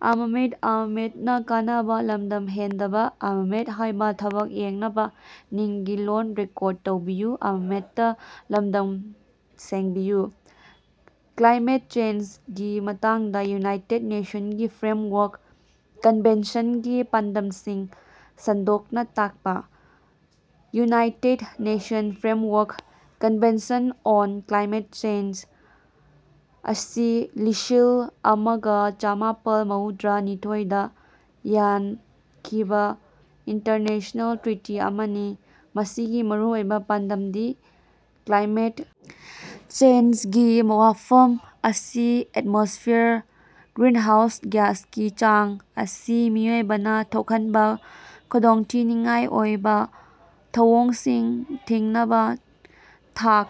Climate ꯆꯦꯟꯖꯒꯤ ꯃꯇꯥꯡꯗ United nations ꯒꯤ ꯐ꯭ꯔꯦꯝꯋꯥꯔꯛ ꯀꯟꯚꯦꯟꯁꯟꯒꯤ ꯄꯥꯟꯗꯝꯁꯤꯡ ꯁꯟꯗꯣꯛꯅ ꯇꯥꯛꯄ꯫ United nations framework convention on climate change ꯑꯁꯤ ꯂꯤꯁꯤꯜ ꯑꯃꯒ ꯆꯥꯃꯄꯜ ꯃꯧꯗ꯭ꯔꯥ ꯅꯤꯊꯣꯏ ꯗꯥ ꯌꯥꯟꯈꯤꯕ ꯏꯟꯇꯔꯅꯦꯁ꯭ꯅꯦꯜ ꯇ꯭ꯔꯤꯇꯤ ꯑꯃꯅꯤ, ꯃꯁꯤꯒꯤ ꯃꯔꯨꯑꯣꯏꯕ ꯄꯥꯟꯗꯝꯗꯤ ꯀ꯭ꯂꯥꯏꯃꯦꯠ ꯆꯦꯟꯖꯒꯤ ꯋꯥꯐꯝ ꯑꯁꯤ ꯑꯦꯟꯃꯣꯁ꯭ꯐꯤꯌꯔꯗ ꯒ꯭ꯔꯤꯟꯍꯥꯎꯁ ꯒ꯭ꯌꯥꯁꯀꯤ ꯆꯥꯡ ꯑꯁꯤ ꯃꯤꯑꯣꯏꯕꯅ ꯊꯣꯛꯍꯟꯕ ꯈꯨꯗꯣꯡꯊꯤꯅꯤꯡꯉꯥꯏ ꯑꯣꯏꯕ ꯊꯧꯑꯣꯡꯁꯤꯡ ꯊꯤꯡꯅꯕ ꯊꯥꯛ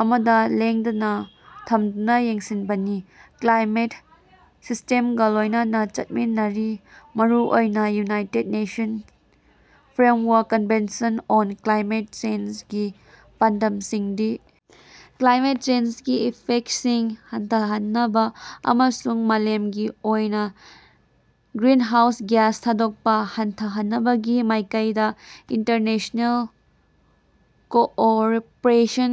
ꯑꯃꯗ ꯂꯦꯡꯗꯅ ꯊꯝꯗꯨꯅ ꯌꯦꯡꯁꯤꯟꯕꯅꯤ꯫ ꯀ꯭ꯂꯥꯏꯃꯦꯠ ꯁꯤꯁꯇꯦꯝꯒ ꯂꯣꯏꯅꯅ ꯆꯠꯃꯤꯟꯅꯔꯤ꯫ ꯃꯔꯨꯑꯣꯏꯅ, united nations framework convention on climate ꯆꯦꯟꯖꯒꯤ ꯄꯥꯟꯗꯝꯁꯤꯡꯗꯤ - ꯀ꯭ꯂꯥꯏꯃꯦꯠ ꯆꯦꯟꯖꯒꯤ ꯏꯐꯦꯛꯇꯁꯤꯡ ꯍꯟꯊꯍꯟꯅꯕ ꯑꯃꯁꯨꯡ ꯃꯥꯂꯦꯝꯒꯤ ꯑꯣꯏꯅ ꯒ꯭ꯔꯤꯟꯍꯥꯎꯁ ꯒ꯭ꯌꯥꯁ ꯊꯥꯗꯣꯛꯄ ꯍꯟꯊꯍꯟꯅꯕꯒꯤ ꯃꯥꯏꯀꯩꯗ ꯏꯟꯇꯔꯅꯦꯁ꯭ꯅꯦꯜ ꯀꯣꯑꯣꯔꯄꯔꯦꯁꯟ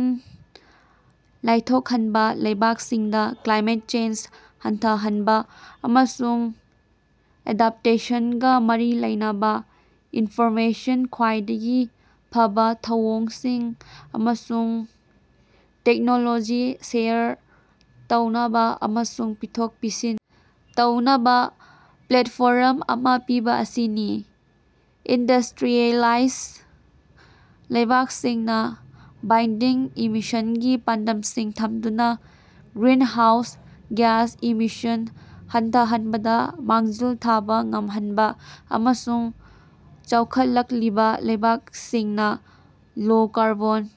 ꯂꯥꯏꯊꯣꯛꯍꯟꯕ, ꯂꯩꯕꯥꯛꯁꯤꯡꯗ ꯀ꯭ꯂꯥꯏꯃꯦꯠ ꯆꯦꯟꯖ ꯍꯟꯊꯍꯟꯕ ꯑꯃꯁꯨꯡ ꯑꯦꯗꯞꯇꯦꯁꯟꯒ ꯃꯔꯤ ꯂꯩꯅꯕ ꯏꯟꯐꯣꯔꯃꯦꯁꯟ, ꯈ꯭ꯋꯥꯏꯗꯒꯤ ꯐꯕꯥ ꯊꯧꯑꯣꯡꯁꯤꯡ, ꯑꯃꯁꯨꯡ ꯇꯦꯛꯅꯣꯂꯣꯖꯤ ꯁꯦꯌꯔ ꯇꯧꯅꯕ ꯑꯃꯁꯨꯡ ꯄꯤꯊꯣꯛ-ꯄꯤꯁꯤꯟ ꯇꯧꯅꯕ ꯄ꯭ꯂꯦꯠꯐꯣꯔꯝ ꯑꯃ ꯄꯤꯕ ꯑꯁꯤꯅꯤ꯫ ꯏꯟꯗꯁꯇ꯭ꯔꯤꯌꯦꯂꯥꯏꯖ ꯂꯩꯕꯥꯛꯁꯤꯡꯅ ꯕꯥꯏꯟꯗꯤꯡ ꯏꯃꯤꯁꯟꯒꯤ ꯄꯥꯟꯗꯝꯁꯤꯡ ꯊꯝꯗꯨꯅ ꯒ꯭ꯔꯤꯟꯍꯥꯎꯁ ꯒ꯭ꯌꯥꯁ ꯏꯃꯤꯁꯟ ꯍꯟꯊꯍꯟꯕꯗ ꯃꯥꯡꯖꯤꯜ ꯊꯥꯕ ꯉꯝꯍꯟꯕ, ꯑꯃꯁꯨꯡ ꯆꯥꯎꯈꯠꯂꯛꯂꯤꯕ ꯂꯩꯕꯥꯛꯁꯤꯡꯅ ꯂꯣ-ꯀꯥꯔꯕꯣꯟ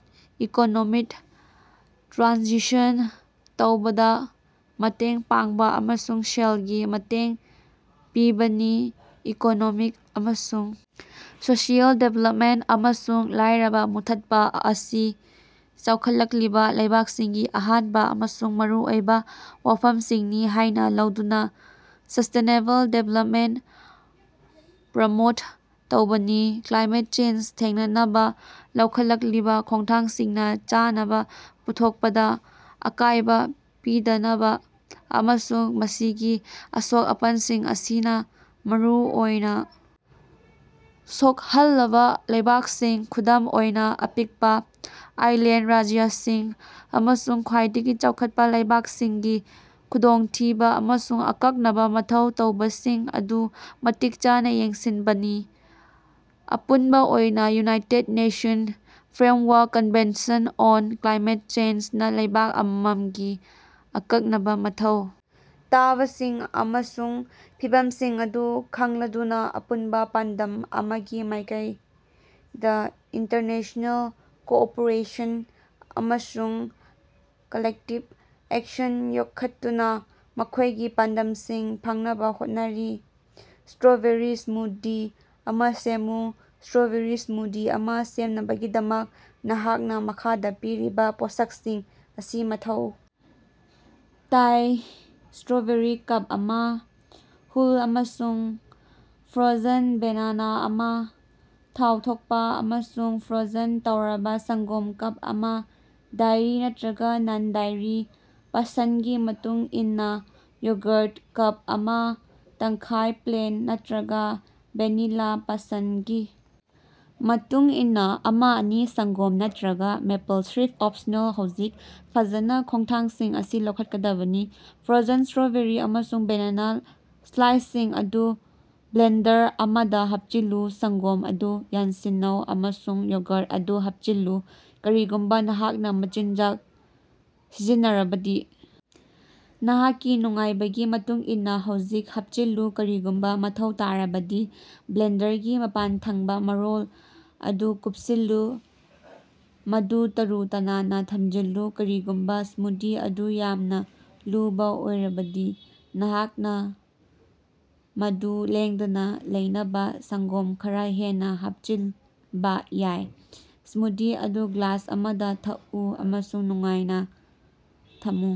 ꯏꯀꯣꯅꯣꯃꯤꯗ ꯇ꯭ꯔꯥꯟꯁꯤꯁꯟ ꯇꯧꯕꯗ ꯃꯇꯦꯡ ꯄꯥꯡꯕ ꯑꯃꯁꯨꯡ ꯁꯦꯜꯒꯤ ꯃꯇꯦꯡ ꯄꯤꯕꯅꯤ꯫ ꯏꯀꯣꯅꯣꯃꯤꯛ ꯑꯃꯁꯨꯡ ꯁꯣꯁꯤꯌꯦꯜ ꯗꯤꯕꯦꯂꯞꯃꯦꯟꯇ ꯑꯃꯁꯨꯡ ꯂꯥꯏꯔꯕ ꯃꯨꯠꯊꯠꯄ ꯑꯁꯤ ꯆꯥꯎꯈꯠꯂꯛꯂꯤꯕ ꯂꯩꯕꯥꯛꯁꯤꯡꯒꯤ ꯑꯍꯥꯟꯕ ꯑꯃꯁꯨꯡ ꯃꯔꯨ ꯑꯣꯏꯕ ꯋꯥꯐꯝꯁꯤꯡꯅꯤ ꯍꯥꯏꯅ ꯂꯧꯗꯨꯅ ꯁ꯭ꯁꯇꯦꯅꯦꯕꯜ ꯗꯤꯕꯦꯂꯞꯃꯦꯟꯇ ꯄ꯭ꯔꯃꯣꯠ ꯇꯧꯕꯅꯤ꯫ ꯀ꯭ꯂꯥꯏꯃꯦꯠ ꯆꯦꯟꯖ ꯊꯦꯡꯅꯅꯕ ꯂꯧꯈꯠꯂꯛꯂꯤꯕ ꯈꯣꯡꯊꯥꯡꯁꯤꯡꯅ ꯆꯥꯅꯕ ꯄꯨꯊꯣꯛꯄꯗ ꯑꯀꯥꯏꯕ ꯄꯤꯗꯅꯕ, ꯑꯃꯁꯨꯡ ꯃꯁꯤꯒꯤ ꯑꯁꯣꯛ-ꯑꯄꯟꯁꯤꯡ ꯑꯁꯤꯅ ꯃꯔꯨꯑꯣꯏꯅ ꯁꯣꯛꯍꯜꯂꯕ ꯂꯩꯕꯥꯛꯁꯤꯡ, ꯈꯨꯗꯝ ꯑꯣꯏꯅ ꯑꯄꯤꯛꯄ ꯑꯥꯏꯂꯦꯟꯗ ꯔꯥꯖ꯭ꯌꯁꯤꯡ ꯑꯃꯁꯨꯡ ꯈ꯭ꯋꯥꯏꯗꯒꯤ ꯆꯥꯎꯈꯠꯄ ꯂꯩꯕꯥꯛꯁꯤꯡꯒꯤ ꯈꯨꯗꯣꯡꯊꯤꯕ ꯑꯃꯁꯨꯡ ꯑꯀꯛꯅꯕ ꯃꯊꯧ ꯇꯧꯕꯁꯤꯡ ꯑꯗꯨ ꯃꯇꯤꯛ ꯆꯥꯅ ꯌꯦꯡꯁꯤꯟꯕꯅꯤ꯫ ꯑꯄꯨꯟꯕ ꯑꯣꯏꯅ, united nations framework convention on climate ꯆꯦꯟꯖꯅ ꯂꯩꯕꯥꯛ ꯑꯃꯃꯝꯒꯤ ꯑꯀꯛꯅꯕ ꯃꯊꯧ ꯇꯥꯕꯁꯤꯡ ꯑꯃꯁꯨꯡ ꯐꯤꯚꯝꯁꯤꯡ ꯑꯗꯨ ꯈꯪꯂꯗꯨꯅ, ꯑꯄꯨꯟꯕ ꯄꯥꯟꯗꯝ ꯑꯃꯒꯤ ꯃꯥꯏꯀꯩꯗ ꯏꯟꯇꯔꯅꯦꯁ꯭ꯅꯦꯜ ꯀꯣꯑꯣꯄꯔꯦꯁꯟ ꯑꯃꯁꯨꯡ ꯀꯂꯦꯛꯇꯤꯕ ꯑꯦꯛꯁꯟ ꯌꯣꯛꯈꯠꯇꯨꯅ ꯃꯈꯣꯏꯒꯤ ꯄꯥꯟꯗꯝꯁꯤꯡ ꯐꯪꯅꯕ ꯍꯣꯠꯅꯔꯤ꯫ ꯁ꯭ꯇꯔꯣꯕꯦꯔꯤ ꯁ꯭ꯃꯨꯗꯤ ꯑꯃ ꯁꯦꯝꯃꯨ꯫ ꯁ꯭ꯇꯔꯣꯕꯦꯔꯤ ꯁ꯭ꯃꯨꯗꯤ ꯑꯃ ꯁꯦꯝꯅꯕꯒꯤꯗꯃꯛ, ꯅꯍꯥꯛꯅ ꯃꯈꯥꯗ ꯄꯤꯔꯤꯕ ꯄꯣꯠꯁꯛꯁꯤꯡ ꯑꯁꯤ ꯃꯊꯧ ꯇꯥꯏ - ꯁ꯭ꯇꯔꯣꯕꯦꯔꯤ ꯀꯞ ꯑꯃ, ꯍꯨꯜ ꯑꯃꯁꯨꯡ ꯐ꯭ꯔꯣꯖꯟ ꯕꯦꯅꯥꯅꯥ ꯑꯃ, ꯊꯥꯎ ꯊꯣꯛꯄ ꯑꯃꯁꯨꯡ ꯐ꯭ꯔꯣꯖꯟ ꯇꯧꯔꯕ ꯁꯪꯒꯣꯝ ꯀꯞ ꯑꯃ - ꯗꯥꯏꯔꯤ ꯅꯠꯇꯔꯒ ꯅꯟ-ꯗꯥꯏꯔꯤ, ꯄꯁꯟꯗꯒꯤ ꯃꯇꯨꯡꯏꯟꯅ ꯌꯣꯒ꯭ꯔꯠ ꯀꯞ ꯑꯃ ꯇꯪꯈꯥꯏ - ꯄ꯭ꯂꯦꯟ ꯅꯠꯇꯔꯒ ꯚꯦꯅꯤꯂꯥ, ꯄꯁꯟꯒꯤ ꯃꯇꯨꯡꯏꯟꯅ, ꯑꯃ-ꯑꯅꯤ ꯁꯪꯒꯣꯝ ꯅꯠꯇꯔꯒ ꯃꯦꯄꯜ ꯁꯤꯔꯞ ꯑꯣꯞꯁꯅꯦꯜ ꯍꯧꯖꯤꯛ, ꯐꯖꯅ ꯈꯣꯡꯊꯥꯡꯁꯤꯡ ꯑꯁꯤ ꯂꯧꯈꯠꯀꯗꯕꯅꯤ ,ꯐ꯭ꯔꯣꯖꯟ ꯁ꯭ꯇꯔꯣꯕꯦꯔꯤ ꯑꯃꯁꯨꯡ ꯕꯦꯅꯥꯅꯥ ꯁ꯭ꯂꯥꯏꯁꯁꯤꯡ ꯑꯗꯨ ꯕ꯭ꯂꯦꯟꯗꯔ ꯑꯃꯗ ꯍꯥꯞꯆꯤꯜꯂꯨ꯫ ꯁꯪꯒꯣꯝ ꯑꯗꯨ ꯌꯥꯟꯁꯤꯟꯅꯧ ꯑꯃꯁꯨꯡ ꯌꯣꯒ꯭ꯔꯠ ꯑꯗꯨ ꯍꯥꯞꯆꯤꯜꯂꯨ꯫ ꯀꯔꯤꯒꯨꯝꯕ ꯅꯍꯥꯛꯅ ꯃꯆꯤꯟꯖꯥꯛ ꯁꯤꯖꯤꯟꯅꯔꯕꯗꯤ, ꯅꯍꯥꯛꯀꯤ ꯅꯨꯡꯉꯥꯏꯕꯒꯤ ꯃꯇꯨꯡ ꯏꯟꯅꯥ ꯍꯧꯖꯤꯛ ꯍꯥꯞꯆꯤꯜꯂꯨ꯫ ꯀꯔꯤꯒꯨꯝꯕ ꯃꯊꯧ ꯇꯥꯔꯕꯗꯤ ꯕ꯭ꯂꯦꯟꯗꯔꯒꯤ ꯃꯄꯥꯟꯊꯪꯕ ꯃꯔꯣꯜ ꯑꯗꯨ ꯀꯨꯞꯁꯤꯜꯂꯨ, ꯃꯗꯨ ꯇꯥꯔꯨ-ꯇꯅꯥꯟꯅ ꯊꯝꯖꯤꯜꯂꯨ꯫ ꯀꯔꯤꯒꯨꯝꯕ ꯁ꯭ꯃꯨꯗꯤ ꯑꯗꯨ ꯌꯥꯝꯅ ꯂꯨꯕ ꯑꯣꯏꯔꯕꯗꯤ, ꯅꯍꯥꯛꯅ ꯃꯗꯨ ꯂꯦꯡꯗꯅ ꯂꯩꯅꯕ ꯁꯪꯒꯣꯝ ꯈꯔꯥ ꯍꯦꯟꯅ ꯍꯥꯞꯆꯤꯟꯕ‌ ꯌꯥꯏ꯫ ꯁ꯭ꯃꯨꯗꯤ ꯑꯗꯨ ꯒ꯭ꯂꯥꯁ ꯑꯃꯗ ꯊꯛꯎ ꯑꯃꯁꯨꯡ ꯅꯨꯡꯉꯥꯏꯅ ꯊꯝꯃꯨ꯫